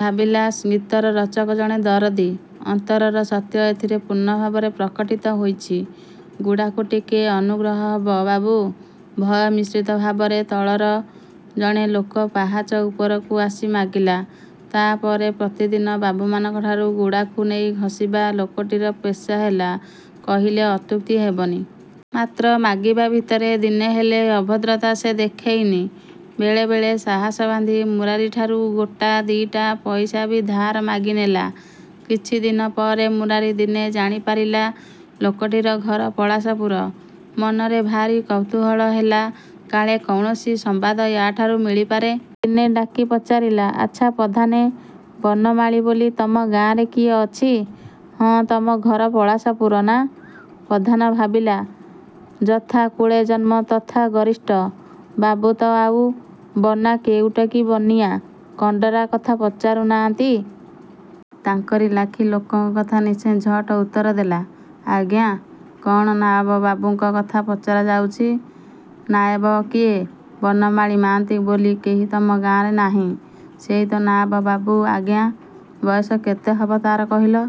ଭାବିଲା, ଗୀତର ରଚକ ଜଣେ ଦରଦୀ, ଅନ୍ତରର ସତ୍ୟ ଏଥିରେ ପୂର୍ଣ୍ଣ ଭାବରେ ପ୍ରକଟିତ ହୋଇଛି। –ଗୁଡ଼ାଖୁ ଟିକେ ଅନୁଗ୍ରହ ହବ–ବାବୁ! ଭୟ ମିଶ୍ରିତ ଭାବରେ ତଳର ଜଣେ ଲୋକ ପାହାଚ ଉପରକୁ ଆସି ମାଗିଲା। ତା' ପରେ ପ୍ରତିଦିନ ବାବୁମାନଙ୍କଠାରୁ ଗୁଡ଼ାଖୁ ନେଇ ଘଷିବା ଲୋକଟିର ପେଶା ହେଲା କହିଲେ ଅତ୍ୟୁକ୍ତି ହେବନି। ମାତ୍ର ମାଗିବା ଭିତରେ ଦିନେ ହେଲେ ଅଭଦ୍ରତା ସେ ଦେଖେଇନି। ବେଳେବେଳେ ସାହସ ବାନ୍ଧି ମୁରାରିଠାରୁ ଗୋଟା ଦିଟା ପଇସା ବି ଧାର ମାଗିନେଲା। କିଛିଦିନ ପରେ ମୁରାରି ଦିନେ ଜାଣି ପାରିଲା ଲୋକଟିର ଘର ପଳାଶପୁର। ମନରେ ଭାରି କୌତୂହଳ ହେଲା, କାଳେ କୌଣସି ସମ୍ବାଦ ୟା'ଠାରୁ ମିଳିପାରେ। ଦିନେ ଡାକି ପଚାରିଲା– ଆଚ୍ଛା ପଧାନେ, ବନମାଳି ବୋଲି, ତମ ଗାଁରେ କିଏ ଅଛି? ହଁ ତମ ଘର ପଳାଶପୁର ନାଁ? ପଧାନ ଭାବିଲା, ଯଥା କୁଳେ ଜନ୍ମ ତଥା ଗରିଷ୍ଠ। ବାବୁ ତ ଆଉ, ବନା କେଉଟ କି ବନିଆ କଣ୍ଡରା କଥା ପଚାରୁ ନା'ନ୍ତି। ତାଙ୍କରି ଲାଖି ଲୋକଙ୍କ କଥା ନିଶ୍ଚେ–ଝଟ୍ ଉତ୍ତର ଦେଲା। ଆଜ୍ଞା, କଣ ନା' ବ ବାବୁଙ୍କ କଥା ପଚରା ଯାଉଛି? ନାଏବ କିଏ? ବନମାଳି ମା' ନ୍ତି ବୋଲି କେହି ତମ ଗାଁରେ ନାହିଁ? ସେଇତ ନା' ବ ବାବୁ, ଆଜ୍ଞା। ବୟସ କେତେ ହବ ତାର କହିଲ?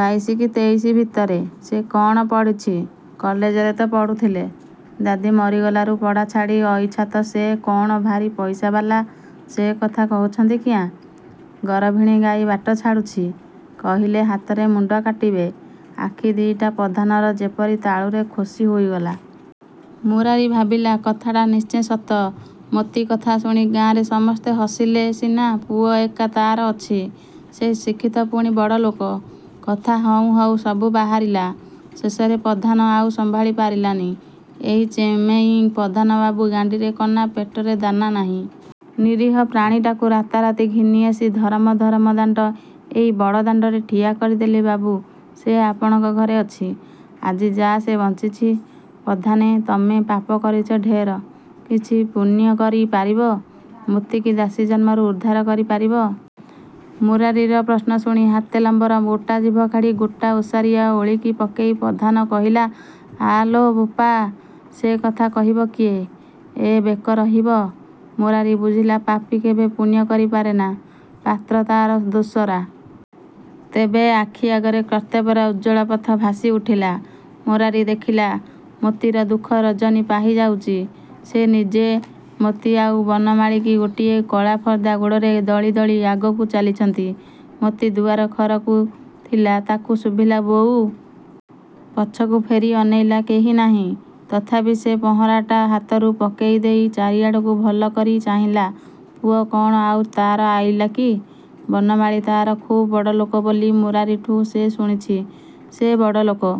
ବାଇଶି କି ତେଇଶି ଭିତରେ। ସେ କଣ ପଢ଼ିଛି? କଲେଜରେ ତ ପଢ଼ୁଥିଲେ–ଦାଦୀ ମରିଗଲାରୁ ପଢ଼ା ଛାଡ଼ି ଅଇଛାତ– ସେ କଣ ଭାରି ପଇସାବାଲା– ସେ କଥା କହୁଛନ୍ତି କିଆଁ। ଗରଭିଣୀ ଗାଈ ବାଟ ଛାଡ଼ୁଛି। କହିଲେ ହାତରେ ମୁଣ୍ଡ କାଟିବେ। ଆଖି ଦିଟା ପଧାନର ଯେପରି ତାଳୁରେ ଖୋସି ହୋଇଗଲା। ମୁରାରି ଭାବିଲା, କଥାଟା ନିଶ୍ଚେ ସତ। ମୋତି କଥା ଶୁଣି ଗାଁରେ ସମସ୍ତେ ହସିଲେ ସିନା–ପୁଅ ଏକା ତାର ଅଛି, ସେ ଶିକ୍ଷିତ ପୁଣି ବଡ଼ଲୋକ। କଥା ହଉଁ ହଉଁ ସବୁ ବାହାରିଲା। ଶେଷରେ ପଧାନ ଆଉ ସମ୍ଭାଳି ପାରିଲାନି– ଏହି ଚେମେଇ ପଧାନ ବାବୁ, ଗାଣ୍ଡିରେ କନା, ପେଟରେ ଦାନା ନାହିଁ। ନିରୀହ ପ୍ରାଣୀଟାକୁ ରାତାରାତି ଘିନି ଆସି ଧରମ ଧରମ ଦାଣ୍ଡ–ଏଇ ବଡ଼ ଦାଣ୍ଡରେ ଠିଆ କରିଦେଲି ବାବୁ ସେ ଆପଣଙ୍କ ଘରେ ଅଛି? ଆଜି ଯା' ସେ ବଞ୍ଚିଛି– ପଧାନେ ତମେ ପାପ କରିଚ ଢେର। କିଛି ପୁଣ୍ୟ କରି ପାରିବ। ମୋତିକି ଦାସୀ ଜନ୍ମରୁ ଉଦ୍ଧାର କରି ପାରିବ? ମୁରାରିର ପ୍ରଶ୍ନ ଶୁଣି ହାତେ ଲମ୍ବର ଗୋଟା ଜିଭ କାଢ଼ି ଗୋଟା ଓସାରିଆ ଓଳିକି ପକେଇ ପଧାନ କହିଲା–ଆ–ଲୋ ବୋପା!! ସେ କଥା କହିବ କି–ଏ? –ଏ ବେକ ରହିବ–!! ମୁରାରି ବୁଝିଲା ପାପୀ କେଭେ ପୁଣ୍ୟ କରି ପାରେ ନା। ପାତ୍ର ତାର ଦୋସରା।... ତେବେ– ଆଖି ଆଗରେ କର୍ତ୍ତବ୍ୟର ଉଜ୍ଜ୍ୱଳ ପଥ ଭାସି ଉଠିଲା। ମୁରାରି ଦେଖିଲା, ମୋତିର ଦୁଃଖ ରଜନୀ ପାହି ଯାଉଛି। ସେ ନିଜେ, ମୋତି ଆଉ ବନମାଳିକି ଗୋଟାଏ କଳା ପର୍ଦ୍ଦା ଗୋଡ଼ରେ ଦଳି ଦଳି ଆଗକୁ ଚାଲିଛନ୍ତି। ମୋତି ଦୁଆର ଖରକୁ ଥିଲା, ତାକୁ ଶୁଭିଲା 'ବୋଉ'। ପଛକୁ ଫେରି ଅନେଇଲା କେହି ନାହିଁ। ତଥାପି ସେ ପହଁରାଟା ହାତରୁ ପକେଇଦେଇ ଚାରିଆଡ଼କୁ ଭଲକରି ଚାହିଁଲା–ପୁଅ କଣ ଆଉ ତାର ଆଇଲାକି! ବନମାଳି ତାର ଖୁବ୍ ବଡ଼ଲୋକ ବୋଲି ମୁରାରୀଠୁ ସେ ଶୁଣିଛି। ସେ ବଡ଼ଲୋକ